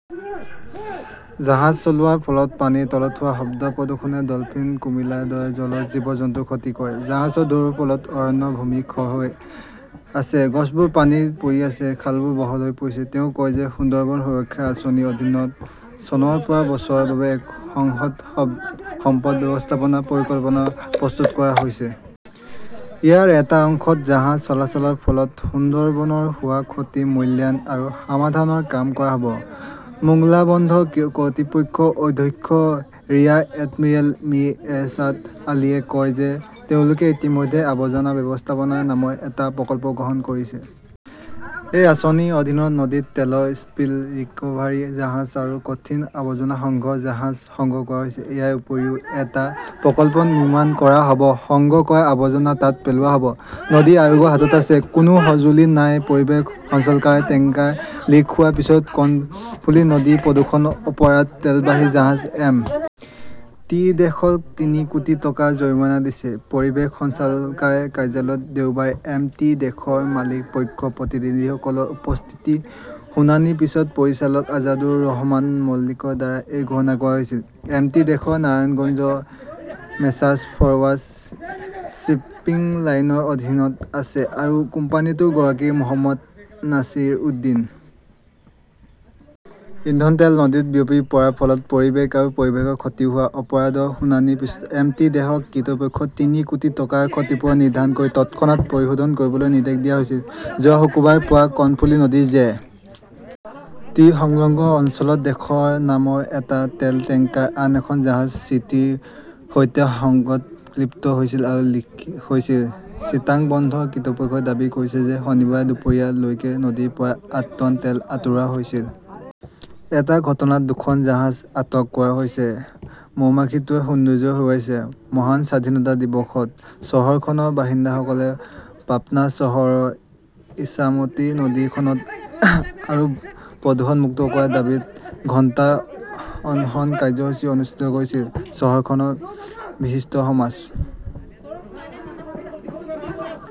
জাহাজ চলোৱাৰ ফলত পানীৰ তলত হোৱা শব্দ প্ৰদূষণে ডলফিন, কুমিলাৰ দৰে জলজ জীৱ-জন্তুৰ ক্ষতি কৰে। জাহাজৰ ঢৌৰ ফলত অৰণ্যৰ ভূমি ক্ষয় হৈ আছে। গছবোৰ পানীত পৰি আছে। খালবোৰ বহল হৈ পৰিছে। তেওঁ কয় যে সুন্দৰবন সুৰক্ষা আঁচনিৰ অধীনত চনৰ পৰা বছৰৰ বাবে এক সংহত সম্পদ ব্যৱস্থাপনা পৰিকল্পনা প্ৰস্তুত কৰা হৈছে। ইয়াৰ এটা অংশত জাহাজ চলাচলৰ ফলত সুন্দৰবনৰ হোৱা ক্ষতিৰ মূল্যায়ন আৰু সমাধানৰ কাম কৰা হ’ব। মোংলা বন্দৰ কৰ্তৃপক্ষৰ অধ্যক্ষ ৰিয়াৰ এডমিৰেল মিৰ এৰশ্বাদ আলীয়ে কয় যে তেওঁলোকে ইতিমধ্যে আৱৰ্জনা ব্যৱস্থাপনা নামৰ এটা প্ৰকল্প গ্ৰহণ কৰিছে। এই আঁচনিৰ অধীনত নদীত তেলৰ স্পিল ৰিক্ভাৰী জাহাজ আৰু কঠিন আৱৰ্জনা সংগ্ৰহ জাহাজ সংগ্ৰহ কৰা হৈছে। ইয়াৰ উপৰিও এটা প্ৰকল্প নিৰ্মাণ কৰা হ’ব, সংগ্ৰহ কৰা আৱৰ্জনা তাত পেলোৱা হ’ব। নদী আয়োগৰ হাতত আছে, কোনো সঁজুলি নাই পৰিৱেশ সঞ্চালকালয়ই টেংকাৰ লিক হোৱাৰ পিছত কৰ্ণফুলি নদী প্ৰদূষণৰ অপৰাধত তেলবাহী জাহাজ এম. টি. দেশক তিনি কোটি টকাৰ জৰিমনা দিছে। পৰিৱেশ সঞ্চালকালয়ৰ কাৰ্যালয়ত দেওবাৰে এম. টি. দেশ ৰ মালিক পক্ষৰ প্ৰতিনিধিসকলৰ উপস্থিতিত শুনানিৰ পিছত পৰিচালক আজাদুৰ ৰহমান মল্লিকৰ দ্বাৰা এই ঘোষণা কৰা হৈছিল। এম. টি. দেশ নাৰায়ণগঞ্জৰ মেছাৰ্ছ ফৰৱাৰ্ছ শ্বিপিং লাইনৰ অধীনত আছে আৰু কোম্পানীটোৰ গৰাকী মহম্মদ নাছিৰ উদ্দীন। ইন্ধন তেল নদীত বিয়পি পৰাৰ ফলত পৰিৱেশ আৰু পৰিৱেশৰ ক্ষতি হোৱাৰ অপৰাধৰ শুনানিৰ পিছত এম. টি. দেশক কৰ্তৃপক্ষক তিনি কোটি টকাৰ ক্ষতিপূৰণ নিৰ্ধাৰণ কৰি তৎক্ষণাত পৰিশোধ কৰিবলৈ নিৰ্দেশ দিয়া হৈছে। যোৱা শুক্ৰবাৰে পুৱা কৰ্ণফুলি নদীৰ জে. টি. সংলগ্ন অঞ্চলত দেশ নামৰ এটা তেল টেংকাৰ আন এখন জাহাজ' চি. টি. ৰ সৈতে সংঘৰ্ষত লিপ্ত হৈছিল আৰু লিক হৈছিল। চিটাগং বন্দৰ কৰ্তৃপক্ষই দাবী কৰিছে যে শনিবাৰে দুপৰীয়া লৈকে নদীৰ পৰা আঠ টন তেল আঁতৰোৱা হৈছিল। এই ঘটনাত দুখন জাহাজ আটক কৰা হৈছে। মৌমাখিটোৱে সৌন্দৰ্য্য হেৰুৱাইছে মহান স্বাধীনতা দিৱসত, চহৰখনৰ বাসিন্দাসকলে পাবনা চহৰৰ ইছামতি নদী খনন আৰু প্ৰদূষণমুক্ত কৰাৰ দাবীত ঘণ্টাৰ অনশন কাৰ্যসূচী অনুষ্ঠিত কৰিছিল। চহৰখনৰ বিশিষ্ট সমাজ